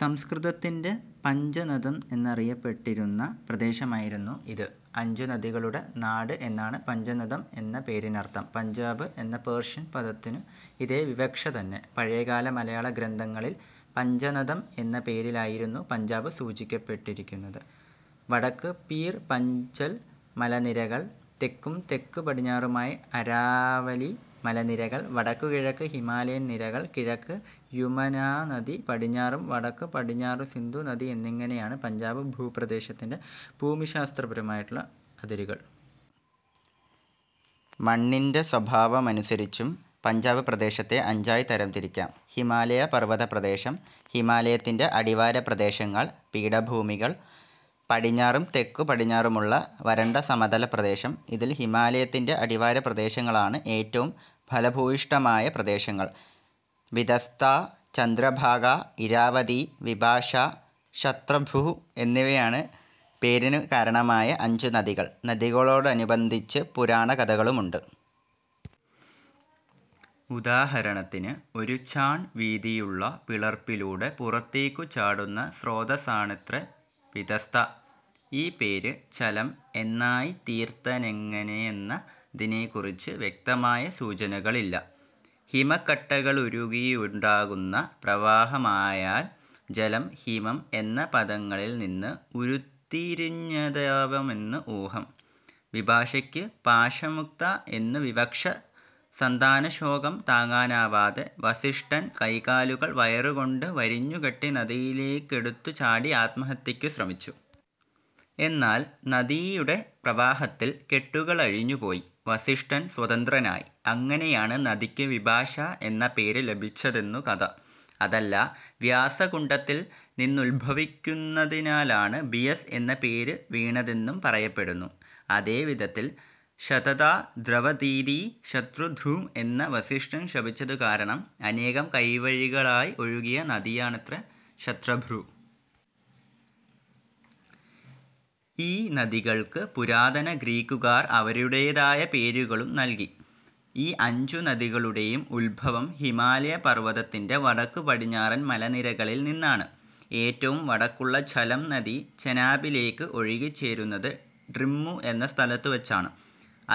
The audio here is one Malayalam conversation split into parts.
സംസ്കൃതത്തിന്റെ പഞ്ചനദഃ എന്നറിയപ്പെട്ടിരുന്ന പ്രദേശമായിരുന്നു ഇത്. അഞ്ചു നദികളുടെ നാട് എന്നാണ് പഞ്ചനദഃ എന്ന പേരിനർഥം. പഞ്ചാബ് എന്ന പേർഷ്യൻ പദത്തിനും ഇതേ വിവക്ഷ തന്നെ. പഴയകാല മലയാള ഗ്രന്ഥങ്ങളിൽ പഞ്ചനദം എന്നപേരിലായിരുന്നു പഞ്ചാബ് സൂചിപ്പിക്കപ്പെട്ടിരിക്കുന്നത്. വടക്ക് പീർ-പഞ്ചൽ മലനിരകൾ, തെക്കും തെക്കു പടിഞ്ഞാറുമായി അരാവലി മലനിരകൾ, വടക്കുകിഴക്ക് ഹിമാലയൻ നിരകൾ, കിഴക്ക് യുമനാനദി പടിഞ്ഞാറും വടക്കു പടിഞ്ഞാറും സിന്ധു നദി എന്നിങ്ങനെയാണ് പഞ്ചാബ് ഭൂപ്രദേശത്തിന്റെ ഭൂമിശാസ്ത്രപരമായിട്ടുള്ള അതിരുകൾ.,. മണ്ണിന്റെ സ്വഭാവമനുസരിച്ചും പഞ്ചാബ് പ്രദേശത്തെ അഞ്ചായി തരംതിരിക്കാം. ഹിമാലയ പർവതപ്രദേശം, ഹിമാലയത്തിന്റെ അടിവാരപ്രദേശങ്ങൾ, പീഠഭൂമികൾ, പടിഞ്ഞാറും തെക്കു പടിഞ്ഞാറുമുള്ള വരണ്ട സമതല പ്രദേശം. ഇതിൽ ഹിമാലയത്തിന്റെ അടിവാരപ്രദേശങ്ങളാണ് ഏറ്റവും ഫലഭൂയിഷ്ഠമായ പ്രദേശങ്ങൾ. വിതസ്താ, ചന്ദ്രഭാഗാ, ഇരാവതീ, വിപാശാ, ശത്രഭൂ എന്നിവയാണ് പേരിനു കാരണമായ അഞ്ചുനദികൾ. നദികളോടനുബന്ധിച്ച് പുരാണകഥകളുമുണ്ട്. ഉദാഹരണത്തിന് ഒരു ചാൺ വീതിയുള്ള പിളർപ്പിലൂടെ പുറത്തേക്കു ചാടുന്ന സ്രോതസ്സാണത്രെ വിതസ്ത. ഈ പേര് ഝലം എന്നായിത്തീർത്തനെങ്ങനെയെന്നതിനെക്കുറിച്ച് വ്യക്തമായ സൂചനകളില്ല. ഹിമക്കട്ടകളുരുകിയുണ്ടാകുന്ന പ്രവാഹമാകയാൽ ജലം, ഹിമം എന്ന പദങ്ങളിൽ നിന്ന് ഉരുത്തിരിഞ്ഞതാവാമെന്ന് ഊഹം. വിപാശക്ക് പാശമുക്ത എന്നു വിവക്ഷ. സന്താനശോകം താങ്ങാനാവാതെ വസിഷ്ഠൻ കൈകാലുകൾ വയറു കൊണ്ട് വരിഞ്ഞുകെട്ടി നദിയിലേക്കെടുത്തു ചാടി ആത്മഹത്യക്കു ശ്രമിച്ചു. എന്നാൽ നദിയുടെ പ്രവാഹത്തിൽ കെട്ടുകളഴിഞ്ഞു പോയി, വസിഷ്ഠൻ സ്വതന്ത്രനായി. അങ്ങനെയാണ് നദിക്കു വിപാശാ എന്ന പേര് ലഭിച്ചതെന്നു കഥ. അതല്ല വ്യാസകുണ്ഡത്തിൽ നിന്നുദ്ഭവിക്കുന്നതിനാലാണ് ബിയസ് എന്ന പേരു വീണതെന്നും പറയപ്പെടുന്നു. അതേവിധത്തിൽ ശതദാ ദ്രവതീതി ശത്രുദൂ എന്ന് വസ്ഷ്ഠൻ ശപിച്ചതു കാരണം അനേകം കൈവഴികളായി ഒഴുകിയ നദിയാണത്രെ ശത്രുഭൂ ഈ നദികൾക്ക് പുരാതന ഗ്രീക്കുകാർ അവരുടേതായ പേരുകളും നല്കി. ഈ അഞ്ചു നദികളുടേയും ഉദ്ഭവം ഹിമാലയ പർവതത്തിന്റെ വടക്കുപടിഞ്ഞാറൻ മലനിരകളിൽ നിന്നാണ്. ഏറ്റവും വടക്കുള്ള ഝലം നദി ചെനാബിലേക്ക് ഒഴുകുച്ചേരുന്നത് ട്രിമ്മു എന്ന സ്ഥലത്തുവെച്ചാണ്.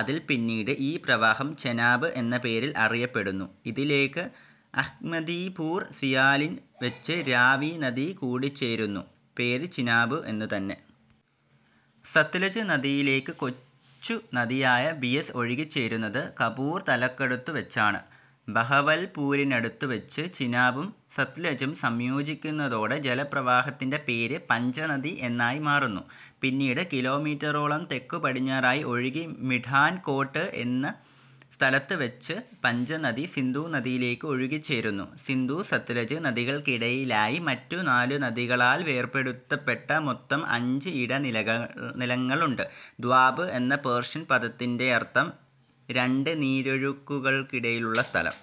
അതില്പിന്നീട് ഈ പ്രവാഹം ചെനാബ് എന്ന പേരിൽ അറിയപ്പെടുന്നു. ഇതിലേക്ക് അഹ്മദിപൂർ സിയാലിൽ വെച്ച് രാവി നദി കൂടിച്ചേരുന്നു, പേര് ചിനാബ് എന്നു തന്നെ. സത്ലജ് നദിയിലേക്ക് കൊച്ചു നദിയായ ബിയസ് ഒഴുകിച്ചേരുന്നത് കപൂർതലക്കടുത്തു വെച്ചാണ്. ബഹവൽപൂരിനടുത്തു വെച്ച് ചിനാബും സത്ലജും സംയോജിക്കുന്നതോടെ ജലപ്രവാഹത്തിന്റെ പേര് പഞ്ചനദിഎന്നായി മാറുന്നു. പിന്നീട് കിലോമീറ്ററോളം തെക്കു പടിഞ്ഞാറായി ഒഴുകി മിഠാൻകോട്ട് എന്ന സ്ഥലത്തുവെച്ച് പഞ്ചനദി, സിന്ധുനദിയിലേക്ക് ഒഴുകിച്ചേരുന്നു. സിന്ധു-സത്ലജ് നദികൾക്കിടയിലായി മറ്റു നാലുനദികളാൽ വേർപെടുത്തപ്പെട്ട മൊത്തം അഞ്ച് ഇടനിലങ്ങളുണ്ട്. ദ്വാബ് എന്ന പേർഷ്യൻ പദത്തിന്റെയർഥം രണ്ട് നീരൊഴുക്കുകൾക്കിടയിലുള്ള സ്ഥലം